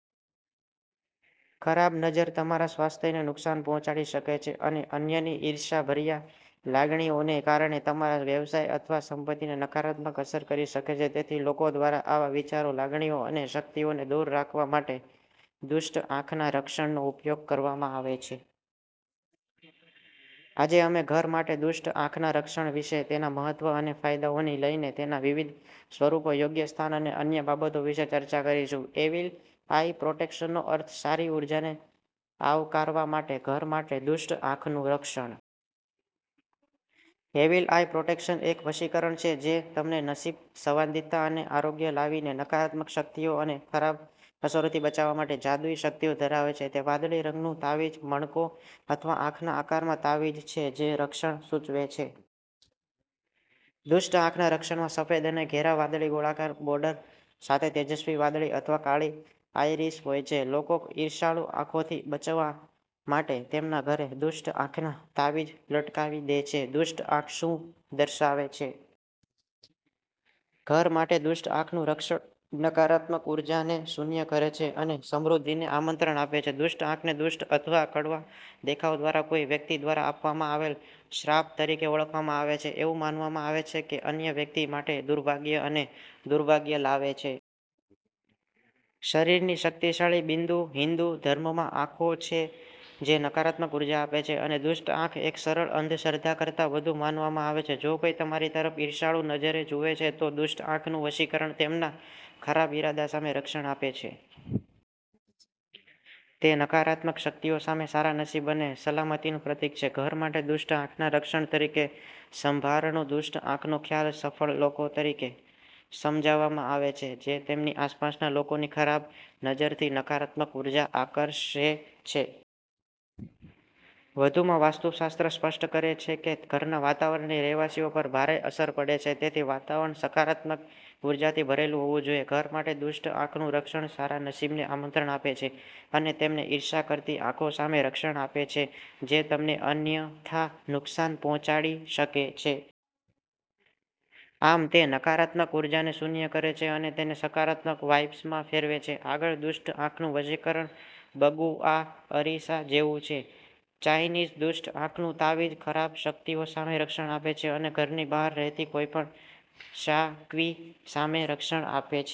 ખરાબ નજર તમારા સ્વાસ્થ્યને નુકસાન પહોંચાડી શકે છે અને અન્યની ઈર્ષ્યાભર્યા લાગણીઓને કારણે તમારા વ્યવસાય અથવા સંપત્તિને નકારાત્મક અસર કરી શકે છે. તેથી, લોકો દ્વારા આવા વિચારો, લાગણીઓ અને શક્તિઓને દૂર રાખવા માટે દુષ્ટ આંખના રક્ષણનો ઉપયોગ કરવામાં આવે છે. આજે, અમે ઘર માટે દુષ્ટ આંખના રક્ષણ વિશે, તેના મહત્વ અને ફાયદાઓની લઈને તેના વિવિધ સ્વરૂપો, યોગ્ય સ્થાન અને અન્ય બાબતો વિશે ચર્ચા કરીશું. એવિલ આઇ પ્રોટેક્શનનો અર્થ સારી ઊર્જાને આવકારવા માટે, ઘર માટે દુષ્ટ આંખનું રક્ષણ. એવિલ આઇ પ્રોટેક્શન એક વશીકરણ છે જે તમને નસીબ, સંવાદિતા અને આરોગ્ય લાવીને નકારાત્મક શક્તિઓ અને ખરાબ અસરોથી બચાવવા માટે જાદુઈ શક્તિઓ ધરાવે છે. તે વાદળી રંગનું તાવીજ, મણકો અથવા આંખના આકારમાં તાવીજ છે જે રક્ષણ સૂચવે છે. દુષ્ટ આંખના રક્ષણમાં સફેદ અને ઘેરા વાદળી ગોળાકાર બોર્ડર સાથે તેજસ્વી વાદળી અથવા કાળી આઇરિસ હોય છે. લોકો ઈર્ષાળુ આંખોથી બચવા માટે તેમના ઘરે દુષ્ટ આંખના તાવીજ લટકાવી દે છે. દુષ્ટ આંખ શું દર્શાવે છે? ઘર માટે દુષ્ટ આંખનું રક્ષણ નકારાત્મક ઊર્જાને શૂન્ય કરે છે અને સમૃદ્ધિને આમંત્રણ આપે છે. દુષ્ટ આંખને દુષ્ટ અથવા કડવા દેખાવ દ્વારા કોઈ વ્યક્તિ દ્વારા આપવામાં આવેલ શ્રાપ તરીકે ઓળખવામાં આવે છે. એવું માનવામાં આવે છે કે અન્ય વ્યક્તિ માટે દુર્ભાગ્ય અને દુર્ભાગ્ય લાવે છે. શરીરની શક્તિશાળી બિંદુ હિંદુ ધર્મમાં આંખો છે જે નકારાત્મક ઉર્જા આપે છે. અને દુષ્ટ આંખ એક સરળ અંધશ્રદ્ધા કરતાં વધુ માનવામાં આવે છે. જો કોઈ તમારી તરફ ઈર્ષાળુ નજરે જુએ છે, તો દુષ્ટ આંખનું વશીકરણ તેમના ખરાબ ઈરાદા સામે રક્ષણ આપે છે. તે નકારાત્મક શક્તિઓ સામે સારા નસીબ અને સલામતીનું પ્રતીક છે. ઘર માટે દુષ્ટ આંખના રક્ષણ તરીકે સંભારણું દુષ્ટ આંખનો ખ્યાલ સફળ લોકો તરીકે સમજાવવામાં આવે છે જે તેમની આસપાસના લોકોની ખરાબ નજરથી નકારાત્મક ઊર્જા આકર્ષે છે. વધુમાં, વાસ્તુશાસ્ત્ર સ્પષ્ટ કરે છે કે ઘરના વાતાવરણની રહેવાસીઓ પર ભારે અસર પડે છે. તેથી વાતાવરણ સકારાત્મક ઉર્જાથી ભરેલું હોવું જોઈએ. ઘર માટે દુષ્ટ આંખનું રક્ષણ સારા નસીબને આમંત્રણ આપે છે અને તેમને ઈર્ષ્યા કરતી આંખો સામે રક્ષણ આપે છે જે તમને અન્યથા નુકસાન પહોંચાડી શકે છે. આમ, તે નકારાત્મક ઊર્જાને શૂન્ય કરે છે અને તેને સકારાત્મક વાઇબ્સમાં ફેરવે છે. આગળ, દુષ્ટ આંખનું વશીકરણ બગુઆ અરીસા જેવું છે. ચાઈનીઝ દુષ્ટ આંખનું તાવીજ ખરાબ શક્તિઓ સામે રક્ષણ આપે છે અને ઘરની બહાર રહેતી કોઈપણ "શા ક્વિ" સામે રક્ષણ આપે છે.